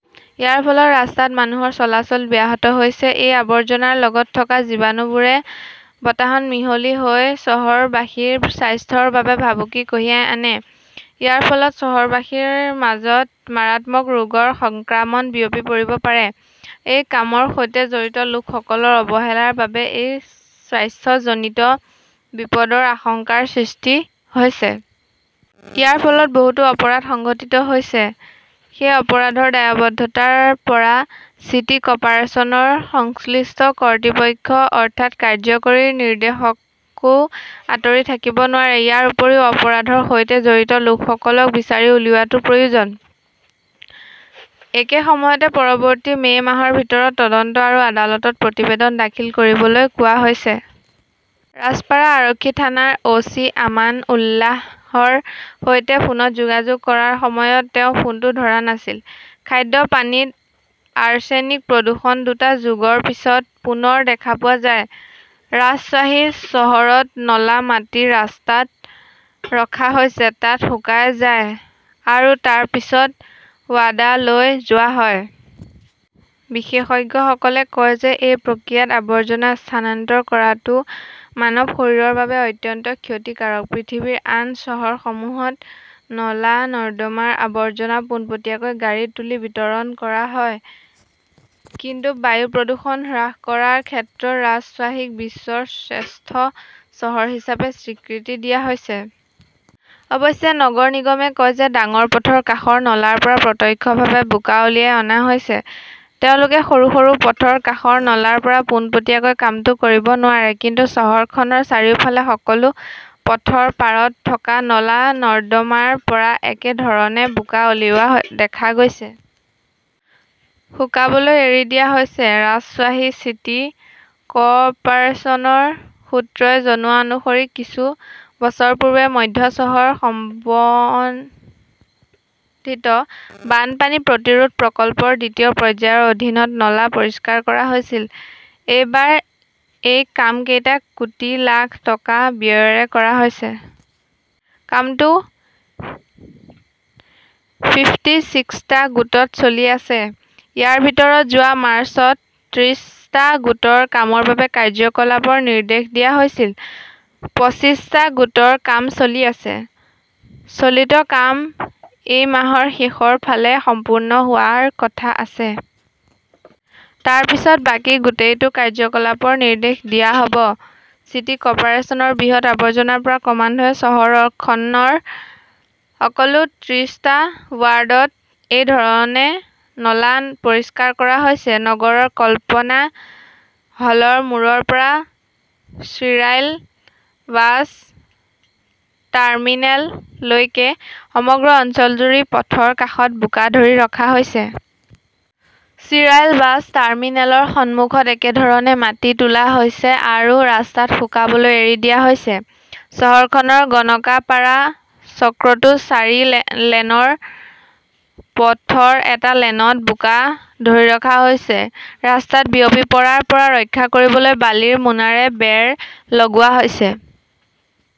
ইয়াৰ ফলত ৰাস্তাত মানুহৰ চলাচল ব্যাহত হৈছে। এই আৱৰ্জনাৰ লগত থকা জীৱাণুবোৰে বতাহত মিহলি হৈ চহৰবাসীৰ স্বাস্থ্যৰ বাবে ভাবুকি কঢ়িয়াই আনে। ইয়াৰ ফলত চহৰবাসীৰ মাজত মাৰাত্মক ৰোগৰ সংক্ৰমণ বিয়পি পৰিব পাৰে। এই কামৰ সৈতে জড়িত লোকসকলৰ অৱহেলাৰ বাবে এই স্বাস্থ্যজনীত বিপদৰ আশংকাৰ সৃষ্টি হৈছে। ইয়াৰ ফলত বহুতো অপৰাধ সংঘটিত হৈছে। সেই অপৰাধৰ দায়বদ্ধতাৰ পৰা চিটি কৰ্পোৰেচনৰ সংশ্লিষ্ট কৰ্তৃপক্ষ, অৰ্থাৎ কাৰ্য্যকৰী নিৰ্দেশকও আঁতৰি থাকিব নোৱাৰে। ইয়াৰ উপৰিও, অপৰাধৰ সৈতে জড়িত লোকসকলক বিচাৰি উলিওৱাটো প্ৰয়োজন। একে সময়তে, পৰৱৰ্তী মে' মাহৰ ভিতৰত তদন্ত আৰু আদালতত প্ৰতিবেদন দাখিল কৰিবলৈ কোৱা হৈছে। ৰাজপাৰা আৰক্ষী থানাৰ অ' চি আমান উল্লাহৰ সৈতে ফোনত যোগাযোগ কৰাৰ সময়ত তেওঁ ফোনটো ধৰা নাছিল। খাদ্য পানীত আৰ্ছেনিক প্ৰদূষণ দুটা যুগৰ পিছত পুনৰ দেখা পোৱা যায়। ৰাজশ্বাহী চহৰত নলা মাটি ৰাস্তাত ৰখা হৈছে, তাত শুকাই যায় আৰু তাৰ পিছত ৱাডা লৈ যোৱা হয়। বিশেষজ্ঞসকলে কয় যে, এই প্ৰক্ৰিয়াত আৱৰ্জনা স্থানান্তৰ কৰাটো মানৱ শৰীৰৰ বাবে অত্যন্ত ক্ষতিকাৰক। পৃথিৱীৰ আন চহৰসমূহত নলা-নৰ্দমাৰ আৱৰ্জনা পোনপটীয়াকৈ গাড়ীত তুলি বিতৰণ কৰা হয়। কিন্তু বায়ু প্ৰদূষণ হ্ৰাস কৰাৰ ক্ষেত্ৰত ৰাজশ্বাহীক বিশ্বৰ শ্ৰেষ্ঠ চহৰ হিচাপে স্বীকৃতি দিয়া হৈছে। অৱশ্যে, নগৰ নিগমে কয় যে ডাঙৰ পথৰ কাষৰ নলাৰ পৰা প্ৰত্যক্ষভাৱে বোকা উলিয়াই অনা হৈছে। তেওঁলোকে সৰু সৰু পথৰ কাষৰ নলাৰ পৰা পোনপটীয়াকৈ কামটো কৰিব নোৱাৰে। কিন্তু চহৰখনৰ চাৰিওফালে সকলো পথৰ পাৰত থকা নলা-নৰ্দমাৰ পৰা একে ধৰণে বোকা উলিওৱা দেখা গৈছে। শুকাবলৈ এৰি দিয়া হৈছে। ৰাজশ্বাহী চিটি কৰ্পাৰেচনৰ সূত্ৰই জনোৱা অনুসৰি কিছু বছৰ পূৰ্বে মধ্য চহৰ সমতিত বানপানী প্ৰতিৰোধ প্ৰকল্পৰ দ্বিতীয় পৰ্যায়ৰ অধীনত নলা পৰিষ্কাৰ কৰা হৈছিল। এইবাৰ এই কাম কেইটা কোটি লাখ টকা ব্যয়েৰে কৰা হৈছে। কামটো ফিফ্টি চিক্সটা গোটত চলি আছে। ইয়াৰ ভিতৰত, যোৱা মাৰ্চত ত্ৰিশটা গোটৰ কামৰ বাবে কাৰ্য্যকলাপৰ নিৰ্দেশ দিয়া হৈছিল। পঁচিশটা গোটৰ কাম চলি আছে। চলিত কাম এই মাহৰ শেষৰ ফালে সম্পূৰ্ণ হোৱাৰ কথা আছে। তাৰ পিছত বাকী গোটটোৰ কাৰ্য্যকলাপৰ নিৰ্দেশ দিয়া হ'ব। চিটি কৰ্পোৰেচনৰ বৃহৎ আৱৰ্জনাৰ পৰা ক্ৰমান্বয়ে চহৰখনৰ সকলো ত্ৰিশটা ৱাৰ্ডত এই ধৰণে নলা পৰিষ্কাৰ কৰা হৈছে। নগৰৰ কল্পনা হলৰ মূৰৰ পৰা শ্বিৰাইল বাছ টাৰ্মিনেল লৈকে সমগ্ৰ অঞ্চলজুৰি পথৰ কাষত বোকা ধৰি ৰখা হৈছে। শ্বিৰাইল বাছ টাৰ্মিনেলৰ সন্মুখত একেধৰণে মাটি তোলা হৈছে আৰু ৰাস্তাত শুকাবলৈ এৰি দিয়া হৈছে। চহৰখনৰ গণকাপাড়া চক্ৰতো চাৰি লেনৰ পথৰ এটা লেনত বোকা ধৰি ৰখা হৈছে। ৰাস্তাত বিয়পি পৰাৰ পৰা ৰক্ষা কৰিবলৈ বালিৰ মোনাৰে বেৰ লগোৱা হৈছে।